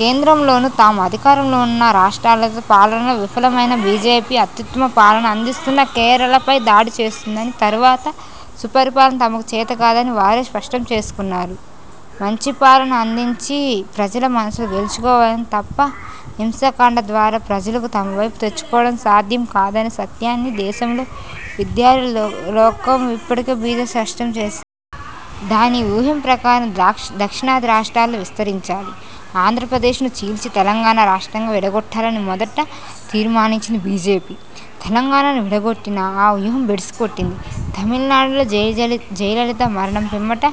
కేంద్రంలోనూ, తామూ అధికారంలోవున్న రాష్ట్రాల్లో పాలనలో విఫలమైన బీజేపీ అత్యుత్తమ పాలన అందిస్తున్న కేరళపై దాడిచేస్తున్నది. తద్వారా సుపరిపాలన తమకు చేతకాదని వారే స్పష్టం చేసుకుంటున్నారు. మంచి పాలన అందించి ప్రజల మనసులు గెలుచుకోవాలి తప్ప హింసాకాండ ద్వారా ప్రజలను తమ వైపు తెచ్చుకోవటం సాధ్యంకాదనే సత్యాన్ని దేశంలోని విద్యార్థిలోకం ఇప్పటికే బీజేపీకి స్పష్టం చేసింది. దాని వ్యూహం ప్రకారం దక్షిణాది రాష్ట్రాల్లో విస్తరించాలి. ఆంధ్రప్రదేశ్ను చీల్చి తెలంగాణను ప్రత్యేక రాష్ట్రంగా విడగొట్టాలని మొదట తీర్మానించింది బీజేపీ. తెలంగాణను విడగొట్టినా ఆ వ్యూహం బెడిసికొట్టింది. తమిళనాడులో జయలలిత మరణం పిమ్మట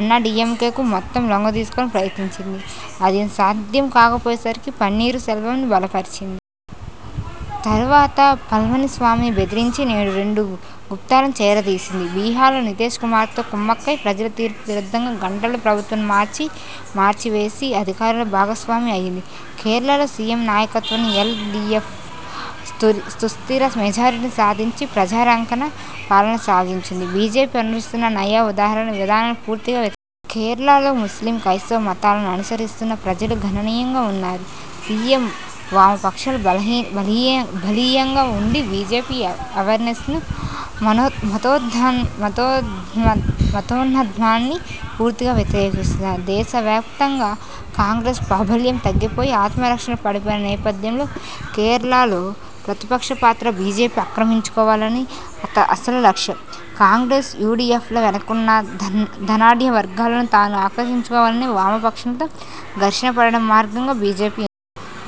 అన్నాడీఎంకేను మొత్తం లొంగదీయాలని ప్రయత్నించింది. అది సాధ్యంకాకపోయేసరికి పన్నీరు సెల్వంను బలపర్చింది. తర్వాత పళనిస్వామిని బెదిరించి నేడు రెండు గ్రూప్లను చేరదీసింది. బిహార్లో నితీశ్ కుమార్తో కుమ్మక్కై ప్రజలతీర్పుకు విరుద్ధంగా గంటల్లో ప్రభుత్వాన్ని మార్చి వేసి అధికారంలో భాగస్వామి అయింది. కేరళలో సీపీఎం నాయకత్వాన ఎల్ డీఎఫ్ సుస్థిర మెజారిటీ సాధించి ప్రజారంజక పాలన సాగిస్తోంది. బీజేపీ అనుసరిస్తున్న నయా ఉదారవాద విధానాలను పూర్తిగా వ్యతిరేకిస్తోంది. కేరళలో ముస్లిం, క్రైస్తవ మతాలను అనుసరిస్తున్న ప్రజలు గణనీయంగా వున్నారు. సీపీఎం, వామపక్షాలు బలీయంగా ఉండి బీజేపీ, ఆరెస్సెస్ మతోన్మాదాన్ని పూర్తిగా వ్యతిరేకిస్తున్నాయి. దేశ వ్యాపితంగా కాంగ్రెస్ ప్రాబల్యం తగ్గిపోయి ఆత్మరక్షణలో పడిపోయిన నేపథ్యంలో, కేరళలో ప్రతిపక్షపాత్ర బీజేపీ ఆక్రమించుకోవాలనేది అసలు లక్ష్యం. కాంగ్రెస్, యూడీఎఫ్ల వెనుకవున్న ధనాడ్యవర్గాలను తాను ఆకర్షించుకోవాలంటే వామపక్షాలతో ఘర్షణపడటం మార్గంగా బీజేపీ ఎంచుకొన్నది.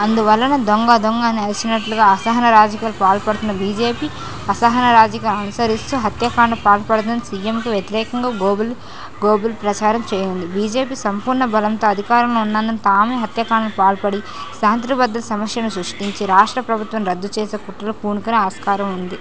అందువల్లనే దొంగ దొంగ అని అరచినట్లుగా అసహన రాజకీయాలకు పాల్పడుతున్న బీజేపీ, అసహన రాజకీయాలను అనుసరిస్తూ హత్యాకాండకు పాల్పడుతున్నదని సీపీఎంకు వ్యతిరేకంగా గోబెల్స్ ప్రచారం చేస్తున్నది. బీజేపీ సంపూర్ణ బలంతో కేంద్రంలో అధికారంలో ఉన్నందున తామే హత్యాకాండకు పాల్పడి, శాంతిభద్రతల సమస్యను సృష్టించి, రాష్ట్ర ప్రభుత్వాన్ని రద్దు చేసే కుట్రలకు పూనుకునే ఆస్కారం వుంది.